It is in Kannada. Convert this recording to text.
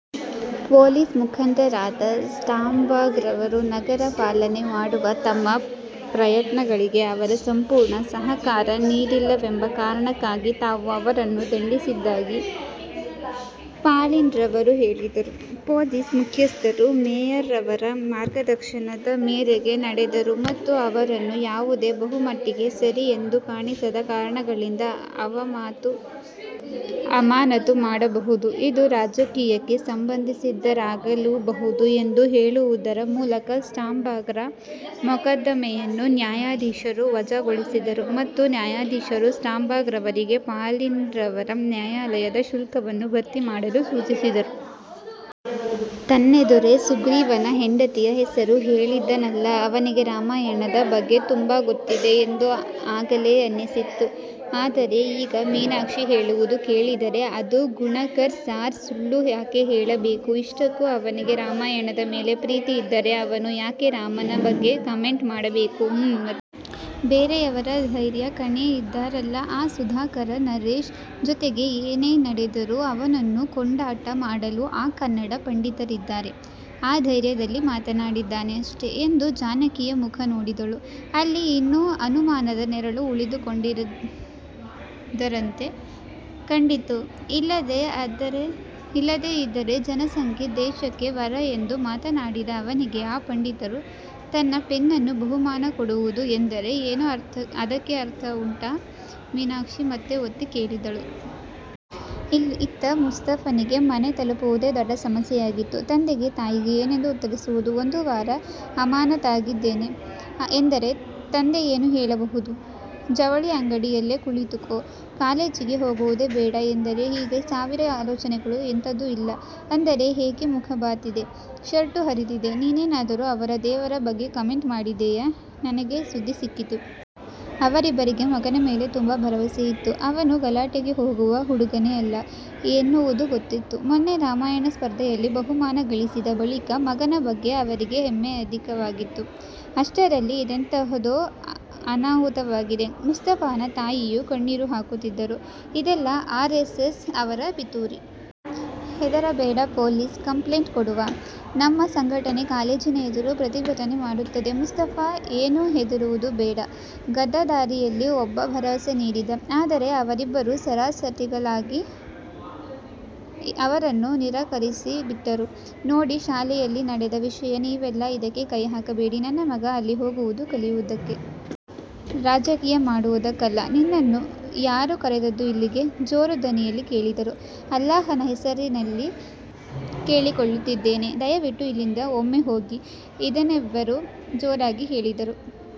ಪೋಲಿಸ್ ಮುಖಂಡರಾದ ಸ್ಟಾಂಬಾಗ್ರವರು, ನಗರ ಪಾಲನೆ ಮಾಡುವ ತಮ್ಮ ಪ್ರಯತ್ನಗಳಿಗೆ ಅವರ ಸಂಪೂರ್ಣ ಸಹಕಾರ ನೀಡಿಲ್ಲವೆಂಬ ಕಾರಣಕ್ಕಾಗಿ ತಾವು ಅವರನ್ನು ದಂಡಿಸಿದ್ದಾಗಿ ಪಾಲಿನ್ರವರು ಹೇಳಿದರು. ಪೋಲಿಸ್ ಮುಖ್ಯಸ್ಥರು ಮೇಯರ್ರವರ ಮಾರ್ಗದರ್ಶನದ ಮೇರೆಗೆ ನಡೆದರು ಮತ್ತು ಅವರನ್ನು ಯಾವುದೇ ಬಹುಮಟ್ಟಿಗೆ ಸರಿಯೆಂದು ಕಾಣಿಸಿದ ಕಾರಣಗಳಿಂದ ಅಮಾನತು ಮಾಡಬಹುದು, ಇದು ರಾಜಕೀಯಕ್ಕೆ ಸಂಬಂದಿಸಿದ್ದಾಗಿರಲೂಬಹುದು, ಎಂದು ಹೇಳುವುದರ ಮೂಲಕ ಸ್ಟಾಂಬಾಗ್ರ ಮೊಕದ್ದಮೆಯನ್ನು ನ್ಯಾಯಾಧೀಶರು ವಜಾಗೊಳಿಸಿದರು ಮತ್ತು ನ್ಯಾಯಾಧೀಶರು ಸ್ಟಾಂಬಾಗ್ರವರಿಗೆ ಪಾಲಿನ್ರವರ ನ್ಯಾಯಾಲಯದ ಶುಲ್ಕವನ್ನು ಭರ್ತಿಮಾಡಲು ಸೂಚಿಸಿದರು. ತನ್ನೆದುರೇ ಸುಗ್ರೀವನ ಹೆಂಡತಿಯ ಹೆಸರು ಹೇಳಿದ್ದನಲ್ಲ ಅವನಿಗೆ ರಾಮಾಯಣದ ಬಗ್ಗೆ ತುಂಬಾ ಗೊತ್ತಿದೆ ಎಂದು ಆಗಲೇ ಅನ್ನಿಸಿತ್ತು. ಆದರೆ ಈಗ ಮೀನಾಕ್ಷಿ ಹೇಳುವುದು ಕೇಳಿದರೆ ಅದೂ ಗುಣಕರ್ ಸಾರ್ ಸುಳ್ಳು ಯಾಕೆ ಹೇಳಬೇಕು ಇಷ್ಟಕ್ಕೂ ಅವನಿಗೆ ರಾಮಾಯಣದ ಮೇಲೆ ಪ್ರೀತಿ ಇದ್ದರೆ, ಅವನು ಯಾಕೆ ರಾಮನ ಬಗ್ಗೆ ಕಮೆಂಟ್ ಮಾಡಬೇಕು ಹೂಂ ಮತ್ತೆ. ''ಬೇರೆಯವರ ಧೈರ್ಯ ಕಣೇ ಇದ್ದಾರಲ್ಲ ಆ ಸುಧಾಕರ, ನರೇಶ್ ಜೊತೆಗೆ ಏನೇ ನಡೆದರೂ ಅವನನ್ನು ಕೊಂಡಾಟ ಮಾಡಲು ಆ ಕನ್ನಡ ಪಂಡಿತರಿದ್ದಾರೆ. ಆ ಧೈರ್ಯದಲ್ಲಿ ಮಾತನಾಡಿದ್ದಾನೆ ಅಷ್ಟೇ'' ಎಂದು ಜಾನಕಿಯ ಮುಖ ನೋಡಿದಳು. ಅಲ್ಲಿ ಇನ್ನೂ ಅನುಮಾನದ ನೆರಳು ಉಳಿದುಕೊಂಡಿದ್ದಂತೆ ಕಂಡಿತು ''ಇಲ್ಲದೇ ಇದ್ದರೆ ಜನಸಂಖ್ಯೆ ದೇಶಕ್ಕೆ ವರ ಎಂದು ಮಾತನಾಡಿದ ಅವನಿಗೆ ಆ ಪಂಡಿತರು ತನ್ನ ಪೆನ್ನನ್ನು ಬಹುಮಾನ ಕೊಡುವುದು ಎಂದರೆ ಏನು ಅದಕ್ಕೆ ಅರ್ಥ ಉಂಟಾ '' ಮೀನಾಕ್ಷಿ ಮತ್ತೆ ಒತ್ತಿ ಕೇಳಿದಳು. ಇತ್ತ ಮುಸ್ತಫಾನಿಗೆ ಮನೆ ತಲುಪುವುದೇ ದೊಡ್ಡ ಸಮಸ್ಯೆಯಾಗಿತ್ತು. ತಂದೆಗೆ, ತಾಯಿಗೆ ಏನೆಂದು ಉತ್ತರಿಸುವುದು ಒಂದು ವಾರ ಅಮಾನತಾಗಿದ್ದೇನೆ ಎಂದರೆ ತಂದೆ ಏನು ಹೇಳಬಹುದು ಜವಳಿ ಅಂಗಡಿ ಯಲ್ಲೇ ಕುಳಿತುಕೋ ಕಾಲೇಜಿಗೆ ಹೋಗುವುದೇ ಬೇಡ ಎಂದರೆ ಹೀಗೆ ಸಾವಿರ ಆಲೋಚನೆಗಳು ಎಂತದು ಇಲ್ಲ ಅಂದರೆ ಹೇಗೆ ಮುಖ ಬಾತಿದೆ, ಶರ್ಟು ಹರಿದಿದೆ ನೀನೇನಾದರೂ ಅವರ ದೇವರ ಬಗ್ಗೆ ಕಮೆಂಟ್ ಮಾಡಿದೆಯಾ ನನಗೆ ಸುದ್ದಿ ಸಿಕ್ಕಿತು. ಅವರಿಬ್ಬರಿಗೆ ಮಗನ ಮೇಲೆ ತುಂಬಾ ಭರವಸೆಯಿತ್ತು. ಅವನು ಗಲಾಟೆಗೆ ಹೋಗುವ ಹುಡುಗನೇ ಅಲ್ಲ ಎನ್ನುವುದೂ ಗೊತ್ತಿತ್ತು. ಮೊನ್ನೆ ರಾಮಾಯಣ ಸ್ಪರ್ಧೆಯಲ್ಲಿ ಬಹುಮಾನ ಗಳಿಸಿದ ಬಳಿಕ ಮಗನ ಬಗ್ಗೆ ಅವರಿಗೆ ಹೆಮ್ಮೆ ಅಧಿಕವಾಗಿತ್ತು. ಅಷ್ಟರಲ್ಲಿ ಇದೆಂತಹದೋ ಅನಾಹುತವಾಗಿದೆ. ಮುಸ್ತಫಾನ ತಾಯಿಯೂ ಕಣ್ಣೀರು ಹಾಕುತ್ತಿದ್ದರು. ''ಇದೆಲ್ಲ ಆರ್ ಎಸ್ ಎಸ್ ಅವರ ಪಿತೂರಿ. ಹೆದರಬೇಡ ಪೊಲೀಸ್ ಕಂಪ್ಲೇಂಟ್ ಕೊಡುವ. ನಮ್ಮ ಸಂಘಟನೆ ಕಾಲೇಜಿನ ಎದುರು ಪ್ರತಿಭಟನೆ ಮಾಡುತ್ತದೆ. ಮುಸ್ತಫಾ ಏನು ಹೆದರುವುದು ಬೇಡ'' ಗಡ್ಡಧಾರಿಯಲ್ಲಿ ಒಬ್ಬ ಭರವಸೆ ನೀಡಿದ. ಆದರೆ ಅವರಿಬ್ಬರು ಸಾರಾಸಗಟಾಗಿ ಅವರನ್ನು ನಿರಾಕರಿಸಿ ಬಿಟ್ಟರು ''ನೋಡಿ ಶಾಲೆಯಲ್ಲಿ ನಡೆದ ವಿಷಯ ನೀವೆಲ್ಲ ಇದಕ್ಕೆ ಕೈ ಹಾಕಬೇಡಿ. ನನ್ನ ಮಗ ಅಲ್ಲಿ ಹೋಗುವುದು ಕಲಿಯುವುದಕ್ಕೆ. ರಾಜಕೀಯ ಮಾಡುವುದಕ್ಕಲ್ಲ ನಿಮ್ಮನ್ನು ಯಾರು ಕರೆದದ್ದು ಇಲ್ಲಿಗೆ'' ಜೋರು ದನಿಯಲ್ಲಿ ಕೇಳಿದರು. ''ಅಲ್ಲಾಹನ ಹೆಸರಲ್ಲಿ ಕೇಳಿಕೊಳ್ಳುತ್ತಿದ್ದೇನೆ ದಯವಿಟ್ಟು ಇಲ್ಲಿಂದ ಒಮ್ಮೆ ಹೋಗಿ'' ಇದಿನಬ್ಬರು ಜೋರಾಗಿ ಹೇಳಿದರು.